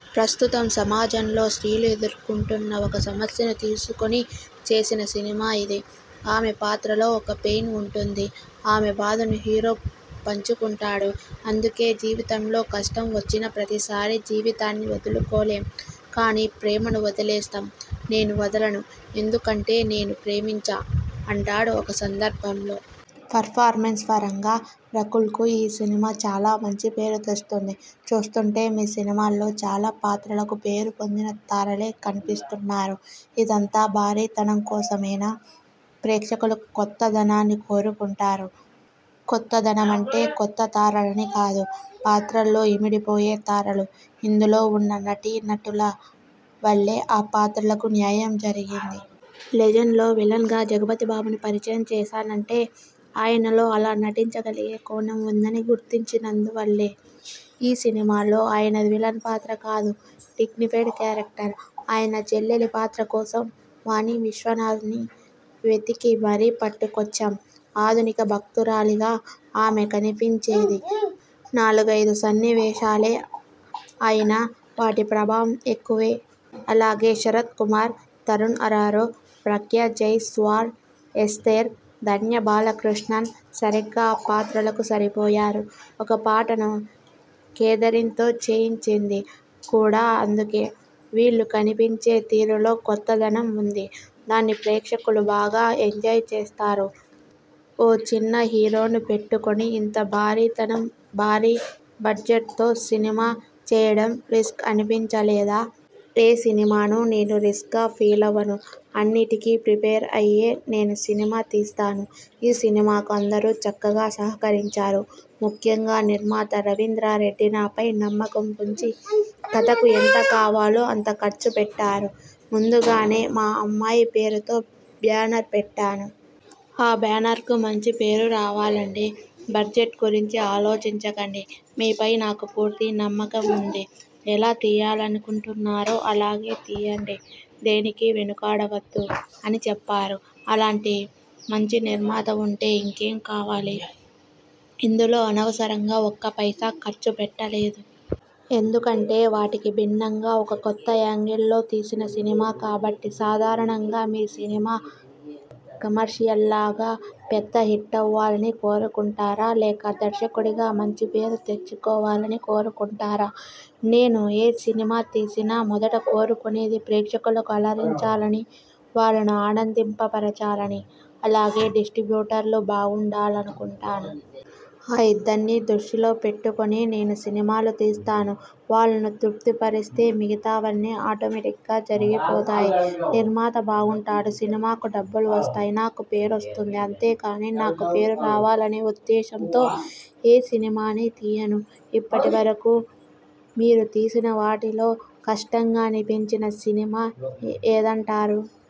ప్రస్తుతం సమాజంలో స్త్రీలు ఎదుర్కొంటున్న ఒక సమస్యను తీసుకొని చేసిన సినిమా ఇది. ఆమె పాత్రలో ఒక పెయిన్ ఉంటుంది. ఆమె బాధను హీరో పంచుకుంటాడు. అందుకే ''జీవితంలో కష్టం వచ్చిన ప్రతిసారీ జీవితాన్ని వదులుకోలేం. కానీ ప్రేమను వదిలేస్తాం. నేను వదలను. ఎందుకంటే నేను ప్రేమించా'' అంటాడు ఒక సందర్భంలో. పెర్ఫార్మెన్స్ పరంగా రకుల్కు ఈ సినిమా చాలా మంచి పేరు తెస్తుంది. చూస్తుంటే మీ సినిమాలో చాలా పాత్రలకు పేరుపొందిన తారలే కనిపిస్తున్నారు. ఇదంతా భారీతనం కోసమేనా? ప్రేక్షకులు కొత్తదనాన్ని కోరుకుంటారు. కొత్తదనమంటే కొత్తతారలని కాదు. పాత్రల్లో ఇమిడిపోయే తారలు. ఇందులో ఉన్న నటీనటుల వల్లే ఆ పాత్రలకు న్యాయం జరిగింది. 'లెజెండ్'లో విలన్గా జగపతిబాబును పరిచయం చేశానంటే ఆయనలో అలా నటించగలిగే కోణం ఉందని గుర్తించినందు వల్లే. ఈ సినిమాలో ఆయనది విలన్ పాత్ర కాదు. Dignified character. ఆయన చెల్లెలి పాత్ర కోసం వాణీ విశ్వనాథ్ను వెతికి మరీ పట్టుకొచ్చాం. ఆధునిక భక్తురాలిగా ఆమె కనిపించేది నాలుగైదు సన్నివేశాలే అయినా, వాటి ప్రభావం ఎక్కువే. అలాగే శరత్కుమార్, తరుణ్ అరారో, ప్రగ్యా జైస్వాల్, ఎస్తేర్, ధన్య బాలకృష్ణన్ సరిగ్గా ఆ పాత్రలకు సరిపోయారు. ఒక పాటను కేథరిన్తో చేయించింది కూడా అందుకే. వీళ్లు కనిపించే తీరులో కొత్తదనం ఉంది. దాన్ని ప్రేక్షకులు బాగా ఎంజాయ్ చేస్తారు. ఒక చిన్న హీరోను పెట్టుకొని ఇంత భారీతనం, భారీ బడ్జెట్తో సినిమా చేయడం రిస్క్ అనిపించలేదా? ఏ సినిమానూ నేను రిస్క్గా ఫీలవను. అన్నింటికీ ప్రిపేర్ అయ్యే నేను సినిమా తీస్తాను. ఈ సినిమాకు అందరూ చక్కగా సహకరించారు. ముఖ్యంగా నిర్మాత రవీందర్రెడ్డి నాపై నమ్మకం ఉంచి కథకు ఎంత కావాలో అంత ఖర్చు పెట్టారు. ముందుగానే 'మా అమ్మాయి పేరుతో బ్యానర్ పెట్టాను. ఆ బ్యానర్కు మంచి పేరు రావాలండీ. బడ్జెట్ గురించి ఆలోచించకండి. మీపై నాకు పూర్తి నమ్మకం ఉంది. ఎలా తీయాలనుకుంటున్నారో అలాగే తీయండి. దేనికీ వెనుకాడవద్దు' అని చెప్పారు. అలాంటి మంచి నిర్మాత ఉంటే ఇంకేం కావాలి! ఇందులో అనవసరంగా ఒక్క పైసా ఖర్చు పెట్టలేదు. ఎందుకంటే వాటికి భిన్నంగా ఒక కొత్త యాంగిల్లో తీసిన సినిమా కాబట్టి. సాధారణంగా మీ సినిమా కమర్షియల్గా పెద్ద హిట్టవ్వాలని కోరుకుంటారా? లేక దర్శకుడిగా మంచి పేరు తెచ్చుకోవాలని కోరుకుంటారా? నేను ఏ సినిమా తీసినా మొదట కోరుకునేది ప్రేక్షకులను అలరించాలనీ, వాళ్లను ఆనందపరచాలనీ. అలాగే డిస్ట్రిబ్యూటర్లు బావుండాలనుకుంటాను. ఆ ఇద్దర్నీ దృష్టిలో పెట్టుకొనే నేను సినిమాలు తీస్తాను. వాళ్లను తృప్తిపరిస్తే మిగతావన్నీ ఆటోమేటిగ్గా జరిగిపోతాయి. నిర్మాత బాగుంటాడు, సినిమాకు డబ్బులు వస్తాయి, నాకూ పేరొస్తుంది. అంతేకానీ, నాకు పేరు రావాలనే ఉద్దేశంతో ఏ సినిమానీ తీయను. ఇప్పటివరకూ మీరు తీసిన వాటిలో కష్టంగా అనిపించిన సినిమా ఏదంటారు?